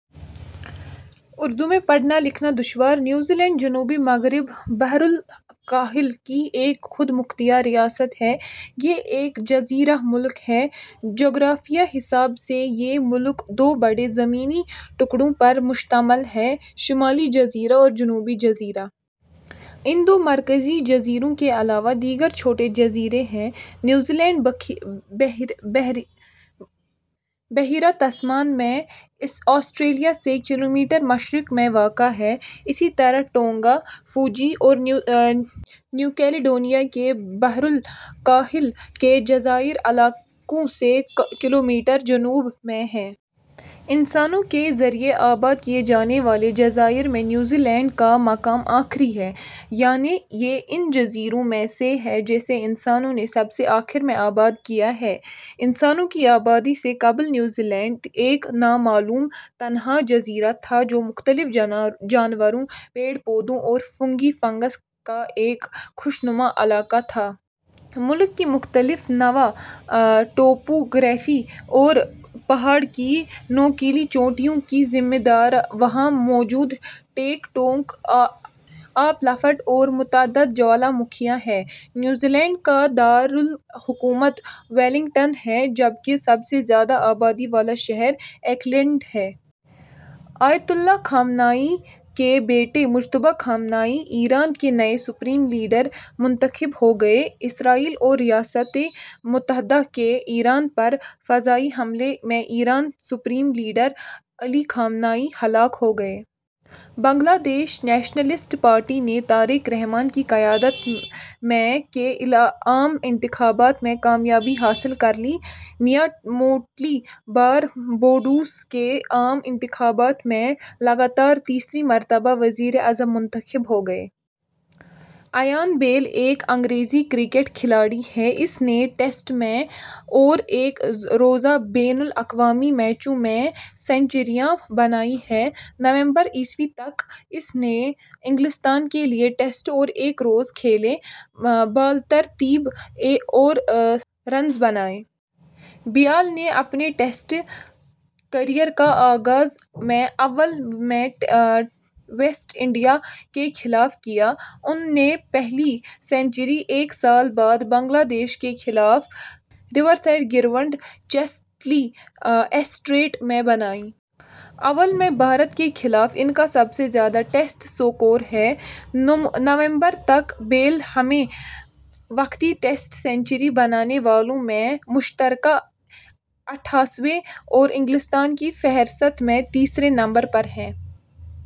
اردو میں پڑھنا لکھنا دشوار؟ نیوزی لینڈ جنوب مغربی بحر الکاہل کی ایک خود مختار ریاست ہے۔ یہ ایک جزیرہ ملک ہے۔ جغرافیائی حساب سے یہ ملک دو بڑے زمینی ٹکڑوں پر مشتمل ہے؛ شمالی جزیرہ اور جنوبی جزیرہ۔ ان دو مرکزی جزیروں کے علاوہ دیگر چھوٹے جزائر ہیں۔ نیوزی لینڈ بحیرہ تسمان میں آسٹریلیا سے کلومیٹر مشرق میں واقع ہے۔ اسی طرح ٹونگا ، فجی اور نیو کیلیڈونیا کے بحر الکاحل کے جزائری علاقوں سے کلومیٹر جنوب میں ہے۔ انسانوں کے ذریعے آباد کیے جانے والے جزائر میں نیوزی لینڈ کا مقام آخری ہے۔ یعنی یہ ان جزئر میں سے ہے جسے انسانوں نے سب سے آخری میں آباد کیا ہے۔ انسانوں کی آبادی سے قبل نیوزی لینڈ ایک نا معلوم تنہا جزیرہ تھا جو مختلف جانور، پیڑ پودوں اور فنگی فنگس کا ایک خوشنما علاقہ تھا۔ ملک کی مختلف النوع ٹوپوگرافی اور پہاڑ کی نوکیلی چوٹیوں کی ذمہ دار وہاں موجود ٹیک ٹونک اپ لفٹ اور متعدد جوالہ مکھیاں ہیں۔ نیوزی لینڈ کا دار الحکومت ویلنگٹن ہے جبکہ سب سے زیادہ آبادی والا شہر آکلینڈ ہے۔ آیت اللہ علی خامنہ ای کے بیٹے مجتبیٰ خامنہ ای ایران کے نئے سپریم لیڈر منتخب ہو گئے۔ اسرائیل اور ریاستہائے متحدہ کے ایران پر فضائی حملے میں ایرانی supreme leader Ali Khamenei ہلاک ہو گئے۔ بنگلہ دیش نیشنلسٹ پارٹی نے طارق رحمٰن کی قیادت میں ء کے عام انتخابات میں کامیابی حاصل کرلی۔ میا موٹلی بارباڈوس کے عام انتخابات میں لگاتار تیسری مرتبہ وزیرِ اعظم منتخب ہو گئیں۔ ایان بیل ایک انگریز کرکٹ کھلاڑی ہے۔ اس نے ٹیسٹ میں اور ایک روزہ بین الاقوامی میچوں میں سنچریاں بنائی ہیں۔ نومبر ء تک، اس نے انگلستان کے لیے ٹیسٹ اور ایک روزہ کھیلے، بالترتیب اور رنز بنائے۔ بیل نے اپنے ٹیسٹ کیریئر کا آغاز ء میں اوول میں ویسٹ انڈیز کے خلاف کیا۔ ان نے پہلی سنچری ایک سال بعد بنگلہ دیش کے خلاف ریورسائیڈ گراؤنڈ ، چیسٹرلی اسٹریٹ میں بنائی۔ اوول میں بھارت کے خلاف ان کا سب سے زیادہ ٹیسٹ سکور ہے۔ نومبر ء تک، بیل ہمہ وقتی ٹیسٹ سنچری بنانے والوں میں مشترکہ اٹھائیسویں اور انگلستان کی فہرست میں تیسرے نمبر پر ہے۔